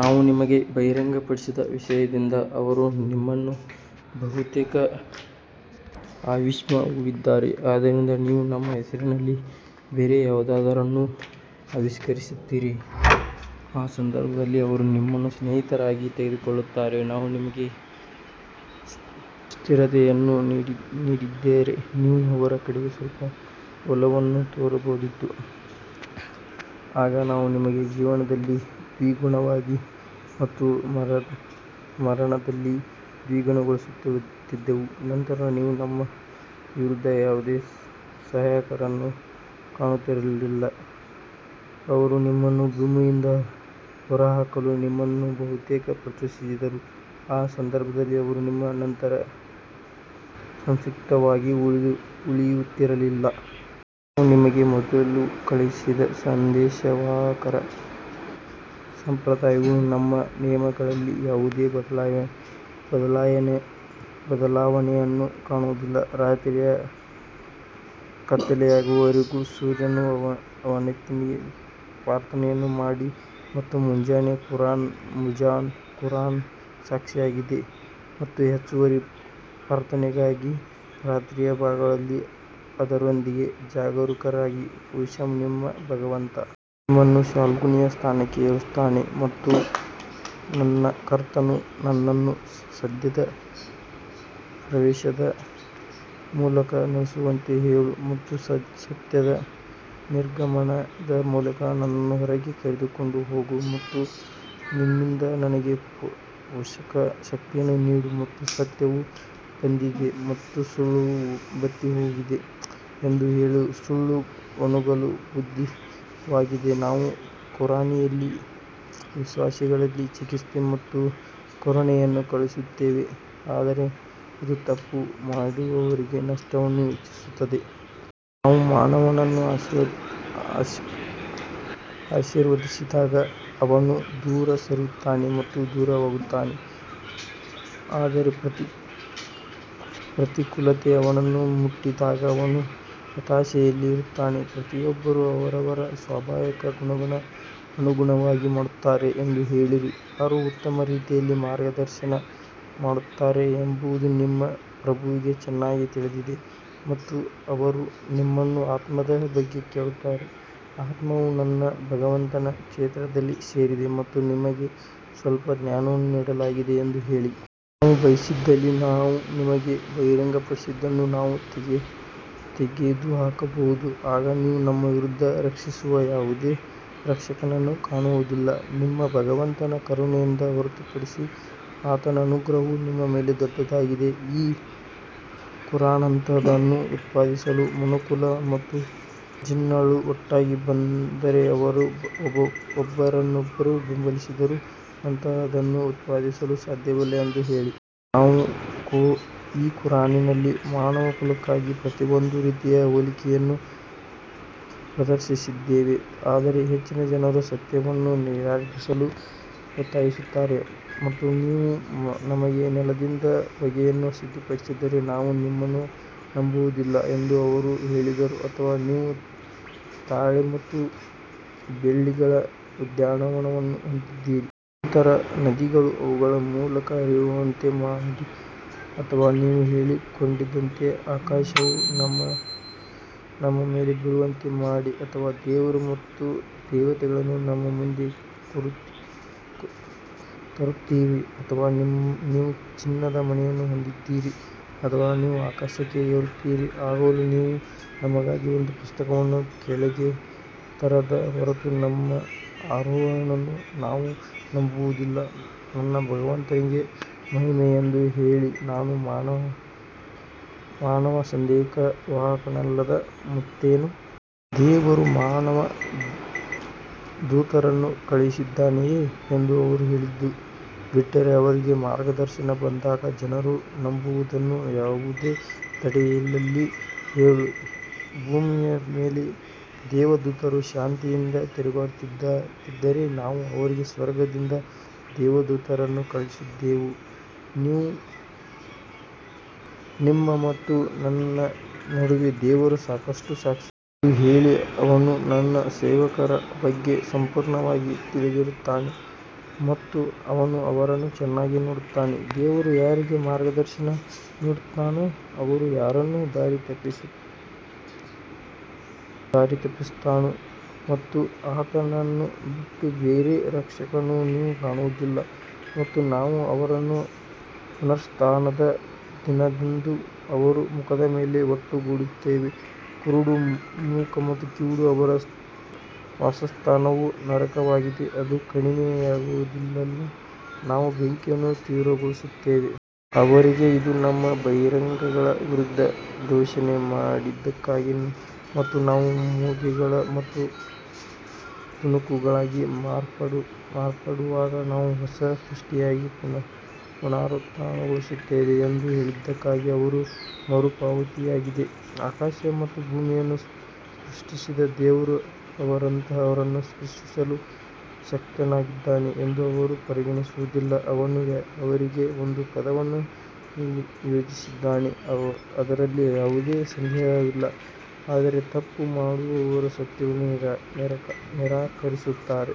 ನಾವು ನಿಮಗೆ ಬಹಿರಂಗಪಡಿಸಿದ ವಿಷಯದಿಂದ ಅವರು ನಿಮ್ಮನ್ನು ಬಹುತೇಕ ಆಮಿಷವೊಡ್ಡಿದ್ದಾರೆ, ಆದ್ದರಿಂದ ನೀವು ನಮ್ಮ ಹೆಸರಿನಲ್ಲಿ ಬೇರೆ ಯಾವುದನ್ನಾದರೂ ಆವಿಷ್ಕರಿಸುತ್ತೀರಿ, ಆ ಸಂದರ್ಭದಲ್ಲಿ ಅವರು ನಿಮ್ಮನ್ನು ಸ್ನೇಹಿತರಾಗಿ ತೆಗೆದುಕೊಳ್ಳುತ್ತಾರೆ. ನಾವು ನಿಮಗೆ ಸ್ಥಿರತೆಯನ್ನು ನೀಡದಿದ್ದರೆ ನೀವು ಅವರ ಕಡೆಗೆ ಸ್ವಲ್ಪ ಒಲವನ್ನು ತೋರಬಹುದಿತ್ತು ಆಗ ನಾವು ನಿಮಗೆ ಜೀವನದಲ್ಲಿ ದ್ವಿಗುಣವಾಗಿ ಮತ್ತು ಮರಣದಲ್ಲಿ ದ್ವಿಗುಣಗೊಳಿಸುತ್ತಿದ್ದೆವು ನಂತರ ನೀವು ನಮ್ಮ ವಿರುದ್ಧ ಯಾವುದೇ ಸಹಾಯಕರನ್ನು ಕಾಣುತ್ತಿರಲಿಲ್ಲ ಅವರು ನಿಮ್ಮನ್ನು ಭೂಮಿಯಿಂದ ಹೊರಹಾಕಲು ನಿಮ್ಮನ್ನು ಬಹುತೇಕ ಪ್ರಚೋದಿಸಿದರು, ಆ ಸಂದರ್ಭದಲ್ಲಿ ಅವರು ನಿಮ್ಮ ನಂತರ ಸಂಕ್ಷಿಪ್ತವಾಗಿ ಉಳಿಯುತ್ತಿರಲಿಲ್ಲ. ನಾವು ನಿಮಗೆ ಮೊದಲು ಕಳುಹಿಸಿದ ಸಂದೇಶವಾಹಕರ ಸಂಪ್ರದಾಯವು ನಮ್ಮ ನಿಯಮಗಳಲ್ಲಿ ಯಾವುದೇ ಬದಲಾವಣೆಯನ್ನು ಕಾಣುವುದಿಲ್ಲ ರಾತ್ರಿಯ ಕತ್ತಲೆಯಾಗುವವರೆಗೆ ಸೂರ್ಯನ ಅವನತಿಯಲ್ಲಿ ಪ್ರಾರ್ಥನೆಯನ್ನು ಮಾಡಿ ಮತ್ತು ಮುಂಜಾನೆ ಕುರಾನ್ ಮುಂಜಾನೆ ಕುರಾನ್ ಸಾಕ್ಷಿಯಾಗಿದೆ ಮತ್ತು ಹೆಚ್ಚುವರಿ ಪ್ರಾರ್ಥನೆಯಾಗಿ ರಾತ್ರಿಯ ಭಾಗಗಳಲ್ಲಿ ಅದರೊಂದಿಗೆ ಜಾಗರೂಕರಾಗಿರಿ ಬಹುಶಃ ನಿಮ್ಮ ಭಗವಂತ ನಿಮ್ಮನ್ನು ಶ್ಲಾಘನೀಯ ಸ್ಥಾನಕ್ಕೆ ಏರಿಸುತ್ತಾನೆ ಮತ್ತು ನನ್ನ ಕರ್ತನು ನನ್ನನ್ನು ಸತ್ಯದ ಪ್ರವೇಶದ ಮೂಲಕ ನಡೆಸುವಂತೆ ಹೇಳು ಮತ್ತು ಸತ್ಯದ ನಿರ್ಗಮನದ ಮೂಲಕ ನನ್ನನ್ನು ಹೊರಗೆ ಕರೆದುಕೊಂಡು ಹೋಗು ಮತ್ತು ನಿನ್ನಿಂದ ನನಗೆ ಪೋಷಕ ಶಕ್ತಿಯನ್ನು ನೀಡು ಮತ್ತು ಸತ್ಯವು ಬಂದಿದೆ ಮತ್ತು ಸುಳ್ಳು ಬತ್ತಿಹೋಗಿದೆ ಎಂದು ಹೇಳಿ, ಸುಳ್ಳು ಒಣಗಲು ಬದ್ಧವಾಗಿದೆ ನಾವು ಕುರಾನ್ನಲ್ಲಿ ವಿಶ್ವಾಸಿಗಳಿಗೆ ಚಿಕಿತ್ಸೆ ಮತ್ತು ಕರುಣೆಯನ್ನು ಕಳುಹಿಸುತ್ತೇವೆ ಆದರೆ ಅದು ತಪ್ಪು ಮಾಡುವವರಿಗೆ ನಷ್ಟವನ್ನು ಹೆಚ್ಚಿಸುತ್ತದೆ. ನಾವು ಮಾನವನನ್ನು ಆಶೀರ್ವದಿಸಿದಾಗ ಅವನು ದೂರ ಸರಿಯುತ್ತಾನೆ ಮತ್ತು ದೂರವಾಗುತ್ತಾನೆ ಆದರೆ ಪ್ರತಿಕೂಲತೆಯು ಅವನನ್ನು ಮುಟ್ಟಿದಾಗ ಅವನು ಹತಾಶೆಯಲ್ಲಿರುತ್ತಾನೆ ಪ್ರತಿಯೊಬ್ಬರೂ ಅವರವರ ಸ್ವಭಾವಕ್ಕೆ ಅನುಗುಣವಾಗಿ ಮಾಡುತ್ತಾರೆ ಎಂದು ಹೇಳಿರಿ, ಯಾರು ಉತ್ತಮ ರೀತಿಯಲ್ಲಿ ಮಾರ್ಗದರ್ಶನ ಮಾಡುತ್ತಾರೆ ಎಂಬುದು ನಿಮ್ಮ ಪ್ರಭುವಿಗೆ ಚೆನ್ನಾಗಿ ತಿಳಿದಿದೆ ಮತ್ತು ಅವರು ನಿಮ್ಮನ್ನು ಆತ್ಮದ ಬಗ್ಗೆ ಕೇಳುತ್ತಾರೆ, ಆತ್ಮವು ನನ್ನ ಭಗವಂತನ ಕ್ಷೇತ್ರಕ್ಕೆ ಸೇರಿದೆ ಮತ್ತು ನಿಮಗೆ ಸ್ವಲ್ಪ ಜ್ಞಾನವನ್ನು ನೀಡಲಾಗಿದೆ ಎಂದು ಹೇಳಿ. ನಾವು ಬಯಸಿದಲ್ಲಿ ನಾವು ನಿಮಗೆ ಬಹಿರಂಗಪಡಿಸಿದ್ದನ್ನು ನಾವು ತೆಗೆದುಹಾಕಬಹುದು, ಆಗ ನೀವು ನಮ್ಮ ವಿರುದ್ಧ ರಕ್ಷಿಸುವ ಯಾವುದೇ ರಕ್ಷಕನನ್ನು ಕಾಣುವುದಿಲ್ಲ ನಿಮ್ಮ ಭಗವಂತನ ಕರುಣೆಯಿಂದ ಹೊರತುಪಡಿಸಿ ಆತನ ಅನುಗ್ರಹವು ನಿಮ್ಮ ಮೇಲೆ ದೊಡ್ಡದಾಗಿದೆ ಈ ಖುರಾನ್ನಂತಹದನ್ನು ಉತ್ಪಾದಿಸಲು ಮನುಕುಲ ಮತ್ತು ಜಿನ್ಗಳು ಒಟ್ಟಾಗಿ ಬಂದರೆ ಅವರು ಒಬ್ಬರನ್ನೊಬ್ಬರು ಬೆಂಬಲಿಸಿದರೂ ಅಂತಹದನ್ನು ಉತ್ಪಾದಿಸಲು ಸಾಧ್ಯವಿಲ್ಲ ಎಂದು ಹೇಳಿ. ನಾವು ಈ ಕುರಾನ್ನಲ್ಲಿ ಮಾನವಕುಲಕ್ಕಾಗಿ ಪ್ರತಿಯೊಂದು ರೀತಿಯ ಹೋಲಿಕೆಗಳನ್ನು ಪ್ರದರ್ಶಿಸಿದ್ದೇವೆ ಆದರೆ ಹೆಚ್ಚಿನ ಜನರು ಸತ್ಯವನ್ನು ನಿರಾಕರಿಸಲು ಒತ್ತಾಯಿಸುತ್ತಾರೆ ಮತ್ತು ನೀವು ನಮಗೆ ನೆಲದಿಂದ ಬುಗ್ಗೆಯನ್ನು ಸಿಡಿಸದಿದ್ದರೆ ನಾವು ನಿನ್ನನ್ನು ನಂಬುವುದಿಲ್ಲ ಎಂದು ಅವರು ಹೇಳಿದರು ಅಥವಾ ನೀವು ತಾಳೆ ಮತ್ತು ಬಳ್ಳಿಗಳ ಉದ್ಯಾನವನ್ನು ಹೊಂದಿದ್ದೀರಿ ನಂತರ ನದಿಗಳು ಅವುಗಳ ಮೂಲಕ ಹರಿಯುವಂತೆ ಮಾಡಿ ಅಥವಾ ನೀವು ಹೇಳಿಕೊಂಡಂತೆ ಆಕಾಶವು ನಮ್ಮ ಮೇಲೆ ಬೀಳುವಂತೆ ಮಾಡಿ ಅಥವಾ ದೇವರು ಮತ್ತು ದೇವತೆಗಳನ್ನು ನಮ್ಮ ಮುಂದೆ ತರುತ್ತೀರಿ ಅಥವಾ ನೀವು ಚಿನ್ನದ ಮನೆಯನ್ನು ಹೊಂದಿದ್ದೀರಿ ಅಥವಾ ನೀವು ಆಕಾಶಕ್ಕೆ ಏರುತ್ತೀರಿ ಆಗಲೂ ನೀವು ನಮಗಾಗಿ ಒಂದು ಪುಸ್ತಕವನ್ನು ಕೆಳಗೆ ತರದ ಹೊರತು ನಿಮ್ಮ ಆರೋಹಣವನ್ನು ನಾವು ನಂಬುವುದಿಲ್ಲ, ನನ್ನ ಭಗವಂತನಿಗೆ ಮಹಿಮೆ ಎಂದು ಹೇಳಿ ನಾನು ಮಾನವ ಸಂದೇಶವಾಹಕನಲ್ಲದೆ ಮತ್ತೇನು? ದೇವರು ಮಾನವ ದೂತರನ್ನು ಕಳುಹಿಸಿದ್ದಾನೆಯೇ ಎಂದು ಅವರು ಹೇಳಿದ್ದು ಬಿಟ್ಟರೆ, ಅವರಿಗೆ ಮಾರ್ಗದರ್ಶನ ಬಂದಾಗ ಜನರು ನಂಬುವುದನ್ನು ಯಾವುದೂ ತಡೆಯಲಿಲ್ಲ. ಹೇಳು ಭೂಮಿಯ ಮೇಲೆ ದೇವದೂತರು ಶಾಂತಿಯಿಂದ ತಿರುಗಾಡುತ್ತಿದ್ದರೆ ನಾವು ಅವರಿಗೆ ಸ್ವರ್ಗದಿಂದ ದೇವದೂತರನ್ನು ಕಳುಹಿಸುತ್ತಿದ್ದೆವು. ನಿಮ್ಮ ಮತ್ತು ನನ್ನ ನಡುವೆ ದೇವರು ಸಾಕಷ್ಟು ಸಾಕ್ಷಿ ಎಂದು ಹೇಳಿ, ಅವನು ತನ್ನ ಸೇವಕರ ಬಗ್ಗೆ ಸಂಪೂರ್ಣವಾಗಿ ತಿಳಿದಿರುತ್ತಾನೆ ಮತ್ತು ಅವನು ಅವರನ್ನು ಚೆನ್ನಾಗಿ ನೋಡುತ್ತಾನೆ ದೇವರು ಯಾರಿಗೆ ಮಾರ್ಗದರ್ಶನ ನೀಡುತ್ತಾನೋ ಅವನು ಯಾರನ್ನು ದಾರಿತಪ್ಪಿಸುತ್ತಾನೆ ಮತ್ತು ಆತನನ್ನು ಬಿಟ್ಟು ಬೇರೆ ರಕ್ಷಕರನ್ನು ನೀವು ಕಾಣುವುದಿಲ್ಲ ಮತ್ತು ನಾವು ಅವರನ್ನು ಪುನರುತ್ಥಾನದ ದಿನದಂದು ಅವರ ಮುಖದ ಮೇಲೆ ಒಟ್ಟುಗೂಡಿಸುತ್ತೇವೆ ಕುರುಡು ಮೂಕ ಮತ್ತು ಕಿವುಡ ಅವರ ವಾಸಸ್ಥಾನವು ನರಕವಾಗಿದೆ ಅದು ಕಡಿಮೆಯಾದಾಗಲೆಲ್ಲಾ ನಾವು ಬೆಂಕಿಯನ್ನು ತೀವ್ರಗೊಳಿಸುತ್ತೇವೆ. ಅವರಿಗೆ ಇದು ನಮ್ಮ ಬಹಿರಂಗಗಳ ವಿರುದ್ಧ ದೂಷಣೆ ಮಾಡಿದ್ದಕ್ಕಾಗಿ ಮತ್ತು ನಾವು ಮೂಳೆಗಳು ಮತ್ತು ತುಣುಕುಗಳಾಗಿ ಮಾರ್ಪಟ್ಟಾಗ ನಾವು ಹೊಸ ಸೃಷ್ಟಿಯಾಗಿ ಪುನರುತ್ಥಾನಗೊಳ್ಳುತ್ತೇವೆ ಎಂದು ಹೇಳಿದ್ದಕ್ಕಾಗಿ ಅವರ ಮರುಪಾವತಿಯಾಗಿದೆ. ಆಕಾಶ ಮತ್ತು ಭೂಮಿಯನ್ನು ಸೃಷ್ಟಿಸಿದ ದೇವರು ಅವರಂತಹವರನ್ನು ಸೃಷ್ಟಿಸಲು ಶಕ್ತನಾಗಿದ್ದಾನೆ ಎಂದು ಅವರು ಪರಿಗಣಿಸುವುದಿಲ್ಲ, ಅವನು ಅವರಿಗೆ ಒಂದು ಪದವನ್ನು ನಿಯೋಜಿಸಿದ್ದಾನೆ ಅದರಲ್ಲಿ ಯಾವುದೇ ಸಂದೇಹವಿಲ್ಲ ಆದರೆ ತಪ್ಪು ಮಾಡುವವರು ಸತ್ಯವನ್ನು ನಿರಾಕರಿಸುತ್ತಾರೆ.